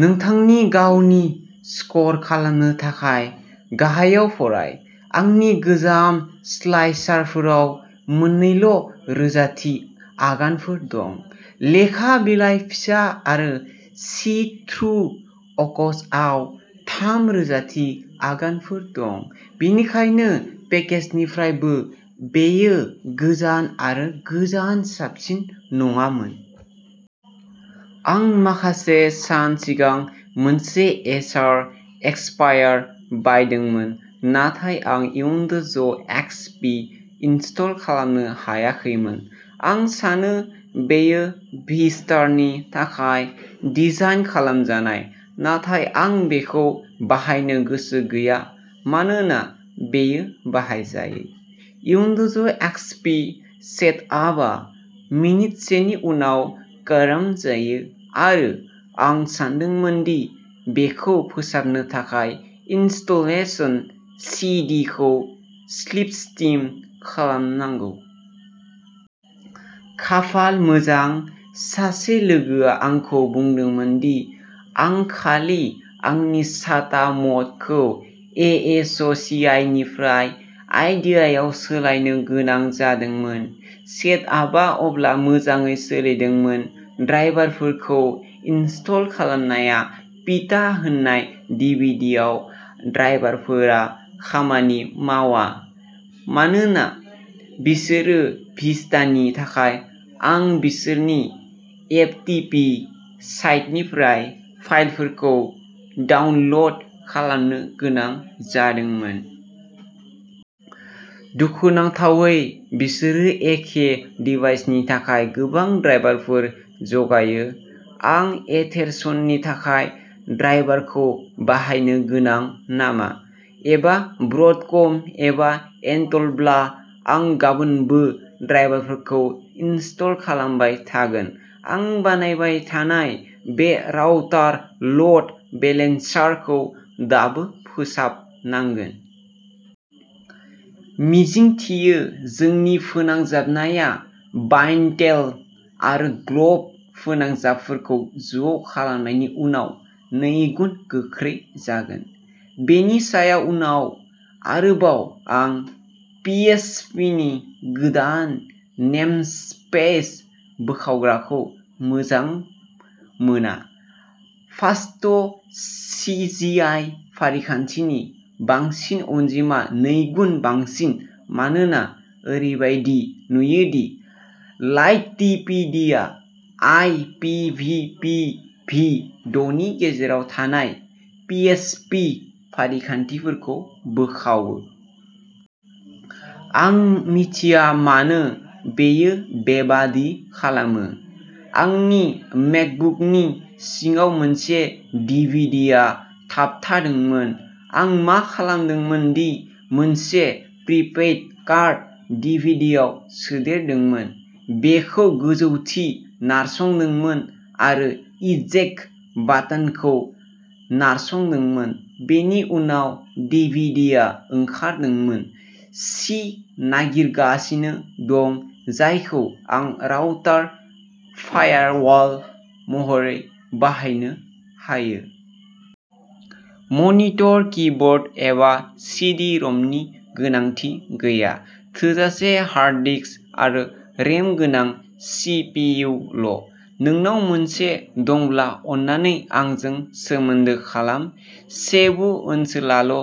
नोंथांनि गावनि स्कर खालामनो थाखाय गाहायाव फराय। आंनि गोजाम स्लाइसारफोराव मोननैल' रोजाथि आगानफोर दं, लेखा बिलाइ फिसा आरो सि थ्रु अक'सआव थाम रोजाथि आगानफोर दं। बेनिखायनो पेकेजनिफ्रायबो बेयो गोजान आरो गोजान साबसिन नङामोन। आं माखासे सान सिगां मोनसे एसार एस्पायर बायदोंमोन, नाथाय आं उइन्ड'ज एक्स पि इनस्टल खालामनो हायाखैमोन। आं सानो बेयो भिस्टानि थाखाय डिजाइन खालामजानाय, नाथाय आं बेखौ बाहायनो गोसो गैया मानोना बेयो बाहायजायै। उइन्ड'ज एक्स पि सेटआपआ मिनिटसेनि उनाव क'रम्प जायो, आरो आं सानदोंमोन दि बेखौ फोसाबनो थाखाय इनस्टएशन सि डि खौ स्लिपस्टिम खालामनांगौ। खाफाल मोजां, सासे लोगोआ आंखौ बुंदोंमोन दि आं खालि आंनि साटा म'डखौ एएचसिआइनिफ्राय आइडिइआव सोलायनो गोनां जादोंमोन। सेटआपआ अब्ला मोजाङै सोलिदोंमोन। ड्राइभारफोरखौ इनस्टल खालामनाया पिटा होनाय डिभिडिआव ड्राइभारफोरा खामानि मावा मानोना बिसोरो भिस्टानि थाखाय आं बिसोरनि एफटिपि साइटनिफ्राय फाइलफोरखौ डाउनल'ड खालामनो गोनां जादोंमोन। दुखुनांथावै, बिसोरो एखे डिभाइसनि थाखाय गोबां ड्राइभारफोर जगायो। आं एथेरसननि थाखाय ड्राइभारखौ बाहायनो गोनां नामा? एबा ब्रडकम एबा एन्टेलब्ला आं गाबोनबो ड्राइभारफोरखौ इनस्टल खालामबाय थागोन। आं बानायबाय थानाय बे राउटार ल'ड बेलेन्सारखौ दाबो फोजोब नांगोन। मिजिंथियो, जोंनि फोनांजाबनाया बायान्टेल आरो ग्ल'ब फोनांजाबफोरखौ ज' खालामनायनि उनाव नैगुन गोख्रै जागोन। बेनि सायाव उनाव आरोबाव आं पिएइचपिनि गोदान नेमस्पेस बोखावग्राखौ मोजां मोना। फास्टसिजिआइ फारिखान्थिनि बांसिन अनजिमा नैगुन बांसिन मानोना ओरैबायदि नुयो दि लाइटटिपिडिआ I P V P V द'नि गेजेराव थानाय पिएइचपि फारिखान्थिफोरखौ बोखावो। आं मिथिया मानो बेयो बेबादि खालामो। आंनि मेकबुकनि सिङाव मोनसे डिभिडिया थाबथादोंमोन। आं मा खालामदोंमोन दि मोनसे प्रिपेइड कार्ड डिभिडियाव सोदेरदोंमोन, बेखौ गोजौथि नारसंदोंमोन आरो इजेक्ट बाटोनखौ नारसंदोंमोन। बेनि उनाव डिभिडिया ओंखारदोंमोन। सि नागिरगासिनो दं जायखौ आं राउटार फायारवाल महरै बाहायनो हायो। मनिटर, कीबोर्ड, एबा सि डि रमनि गोनांथि गैया। थोजासे हार्ड डिक्स आरो रेम गोनां सि पि इउ ल'। नोंनाव मोनसे दंब्ला अन्नानै आंजों सोमोन्दो खालाम। सेबु ओनसोलाल'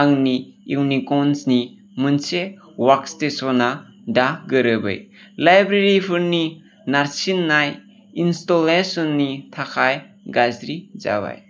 आंनि इउनिक्सनि मोनसे वर्कस्टेशनआ दा गोरोबै लाइब्रेरिफोरनि नारसिननाय इनस्टलेशननि थाखाय गाज्रि जाबाय।